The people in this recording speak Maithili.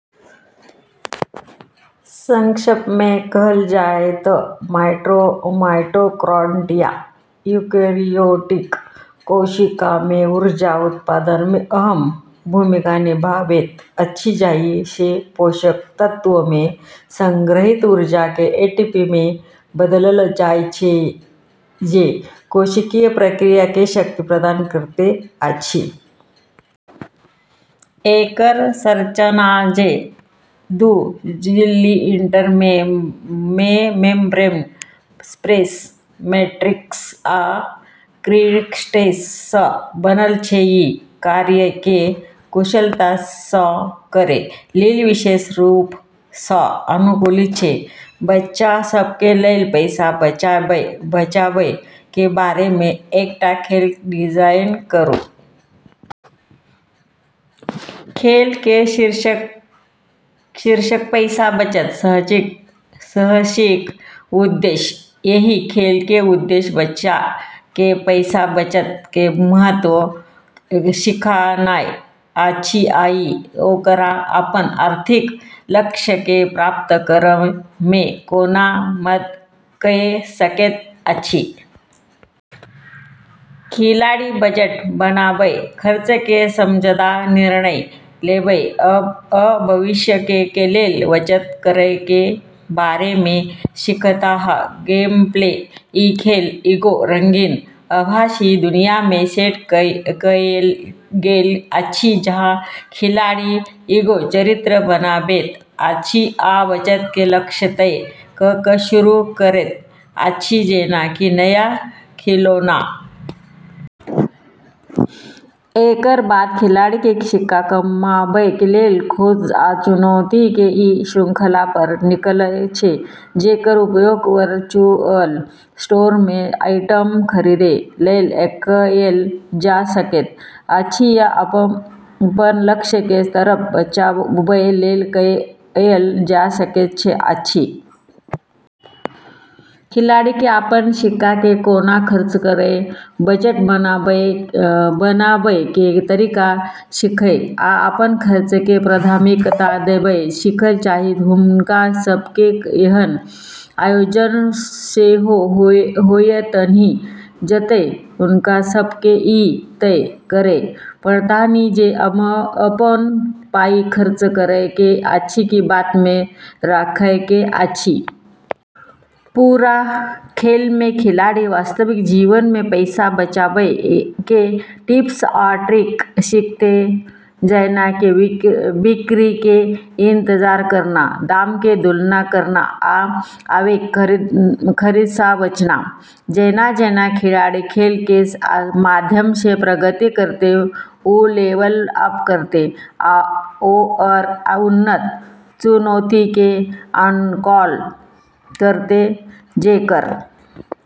संक्षेप मे कहल जाय त' माइटोकॉन्ड्रिया यूकेरियोटिक कोशिका मे ऊर्जा उत्पादन मे अहम भूमिका निभाबैत अछि, जाहि सँ पोषक तत्व मे संग्रहीत ऊर्जा के एटीपी मे बदलल जाय छै, जे कोशिकीय प्रक्रिया के शक्ति प्रदान करैत अछि। एकर संरचना, जे दू झिल्ली, इंटरमेम्ब्रेन स्पेस, मैट्रिक्स आ क्रिस्टे सँ बनल छै, ई कार्य के कुशलता सँ करै लेल विशेष रूप सँ अनुकूलित छै। बच्चा सब के लेल पैसा बचाबय के बारे मे एकटा खेल डिजाइन करू। खेल के शीर्षक: पैसा-बचत साहसिक। उद्देश्य: एहि खेल के उद्देश्य बच्चा के पैसा बचत के महत्व सिखानाय अछि आ इ ओकरा अपन आर्थिक लक्ष्य के प्राप्त करय मे कोना मदद कए सकैत अछि। खिलाड़ी बजट बनाबय, खर्च के समझदार निर्णय लेबय, आ भविष्य के लेल बचत करय के बारे मे सीखताह। गेमप्ले: ई खेल एगो रंगीन आभासी दुनिया मे सेट कएल गेल अछि, जहाँ खिलाड़ी एगो चरित्र बनाबैत अछि आ बचत के लक्ष्य तय क' क' शुरू करैत अछि, जेना कि नया खिलौना खरीदना या यात्रा पर जाय। एकर बाद खिलाड़ी के सिक्का कमाबय लेल खोज आ चुनौती के एक श्रृंखला पर निकलय छै, जेकर उपयोग वर्चुअल स्टोर मे आइटम खरीदै लेल कएल जा सकैत अछि या अपन लक्ष्य के तरफ बचाबय लेल कएल जा सकैत अछि। खिलाड़ी के अपन सिक्का के कोना खर्च करय, बजट बनाबय के तरीका सीखय आ अपन खर्च के प्राथमिकता देबय सीखय चाही। हुनका सब के एहन आयोजन सेहो होएतन्हि जतय हुनका सब के ई तय करय पड़तन्हि जे अपन पाई खर्च करय के अछि कि बाद मे राखय के अछि। पूरा खेल मे खिलाड़ी वास्तविक जीवन मे पैसा बचाबय के टिप्स आ ट्रिक सीखतै, जेना कि बिक्री के इंतजार करना, दाम के तुलना करना, आ आवेग खरीद सँ बचना। जेना-जेना खिलाड़ी खेल के माध्यम सँ प्रगति करतै, वू लेवल अप करतै आओर उन्नत चुनौती के अनलॉक करतै, जेकर अंतिम लक्ष्य अछि कि वू अपन बचत के लक्ष्य तक पहुँचि क' अपन वित्तीय लक्ष्य के हासिल कए सकै।